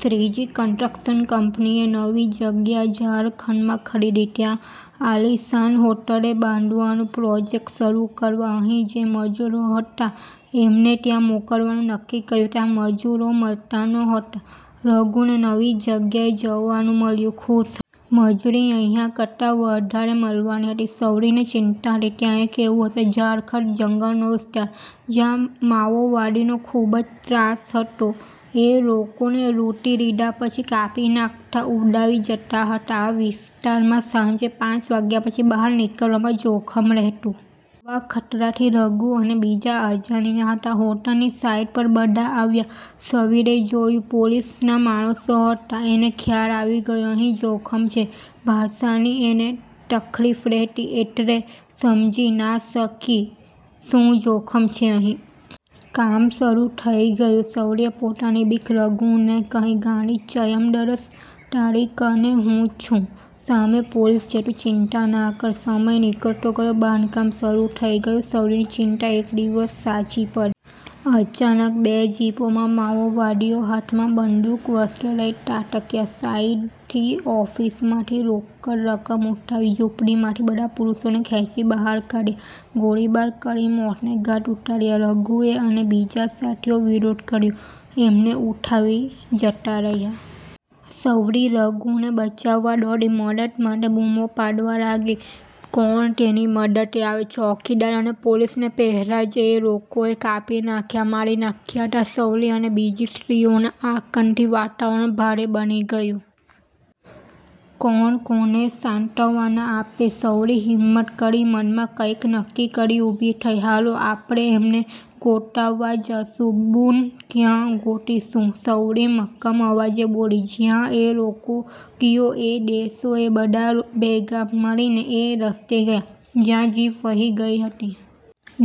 Shriji construction' કંપનીએ નવી જગ્યા ઝારખંડમાં ખરીદી, ત્યાં આલિશાન હોટેલ બાંધવાનો પ્રોજેક્ટ શરૂ કરવા, અહીં જે મજુરો હતા એમને ત્યાં મોકલવાનું નક્કી કર્યું. ત્યાં મજૂરો મળતા નહોતા. રઘુને નવી જગાએ જવાનું મળ્યું, ખુશ મજૂરી અહીંના કરતા વધારે મળવાની હતી. સવલીને ચિંતા હતી "ત્યિયા કેવું હશે?" ઝારખંડ જંગલનો વિસ્તાર, જ્યાં 'માઓવાદી'નો ખૂબ ત્રાસ હતો. એ લોકોને લૂંટી લીધા પછી કાપી નાખતા, ઉઠાવી જતા હતા. આ વિસ્તારમાં સાંજે પાંચ વાગ્યા પછી બહાર નીકળવામાં જોખમ રહેતું. આવા ખતરાથી રઘુ અને બીજા અજાણ્યા હતા. હોટલની સાઇટ પર બધા આવ્યાં, સવલીએ જોયું, પોલીસના માણસો હતા. એને ખ્યાલ આવી ગયો, અહીં જોખમ છે. ભાષાની એને તકલીફ રહેતી, એટલે સમજી ના શકી શું જોખમ છે અહીં. કામ શરૂ થઇ ગયું. સવલીએ પોતાની બીક રઘુને કહી. "ગાંડી ચ્યમ ડરશ? તારી કને હું છું, સામે પોલીસ છે, તું ચિંતા ના કર" સમય નીકળતો ગયો, બાંધકામ શરૂ થઈ ગયું. સવલીની ચિંતા એક દિવસ સાચી પડી. અચાનક બે જીપોમાં માઓવાદીઓ હાથમાં બંદૂક, શસ્ત્રો લઈ ત્રાટક્યા. સાઇટની ઓફિસમાંથી રોકડ રકમ ઉઠાવી, ઝૂંપડીમાંથી બધા પુરુષોને ખેંચી બહાર કાઢ્યા. ગોળીબાર કરી મોતને ઘાટ ઉતાર્યા. રઘુએ અને બીજા સાથીઓએ વિરોધ કર્યો, એમને ઉઠાવી જતા રહ્યા. સવલી રઘુને બચાવવા દોડી, મદદ માટે બૂમો પાડવા લાગી. કોણ તેની મદદે આવે? ચોકીદાર અને પોલીસને પહેલા જ એ લોકોએ કાપી નાખી મારી નાખ્યા હતા. સવલી અને બીજી સ્ત્રીઓના આક્રંદથી વાતાવરણ ભારે બની ગયું. કોણ કોને સાંત્વના આપે? સવલી હિંમત કરી મનમાં કંઈક નક્કી કરી ઊભી થઈ. "હાલો, આપણે એમને ગોતવા જાશું." "બુન, ક્યાં ગોતીશું?" સવલી મક્કમ અવાજે બોલી, "જીયા એ લોકો ગિયા એ દિશાએ." બધા ભેગા મળીને એ રસ્તે ગયા, જ્યાં જીપ વહી ગઇ હતી.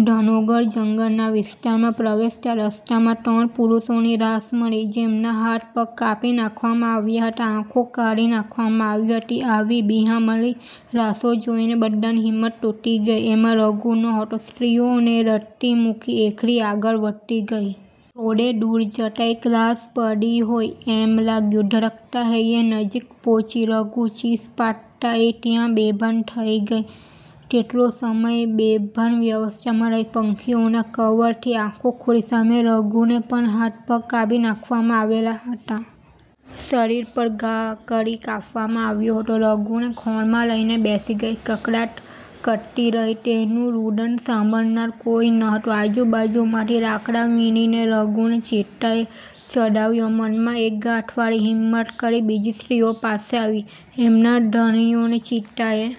ઘનઘોર જંગલ વિસ્તારમાં પ્રવેશતાં રસ્તામાં ત્રણ પુરૂષોની લાશ મળી. જેમના હાથ-પગ કાપી નાખવામાં આવ્યા હતા, આંખો કાઢી નાખવામાં આવી હતી. આવી બિહામણી લાશોને જોઈ બધાની હિંમત તૂટી પડી. એમાં રઘુ નહતો, સ્ત્રીઓને રડતી મૂકી એકલી આગળ વધતી રહી. થોડે દૂર જતાં એક લાશ પડી હોય એમ લાગ્યું. ધડકતા હૈયે નજીક પહોંચી, રઘુ? ચીસ પાડતાં એ ત્યાં બેભાન થઈ ગઈ. કેટલો સમય બેભાનાવસ્થામાં રહી. પંખીઓના કલરવથી આંખો ખૂલી, સામે રઘુને પણ, હાથ-પગ કાપી નાખવામાં આવેલા હતા. શરીર પર ઘા કરી કાપવામાં આવ્યો હતો. રઘુને ખોળામાં લઈને બેસી રહી, કલ્પાંત કરતી રહી. તેનું રૂદન સાંભળનાર કોઈ નહોતું. આજુબાજુમાંથી લાકડા વીણીને, રઘુને ચિતાએ ચઢાવ્યો. મનમાં એક ગાંઠ વાળી. હિમત કરી, બીજી સ્ત્રીઓ પાસે આવી. એમના ધણીઓને ચિતાએ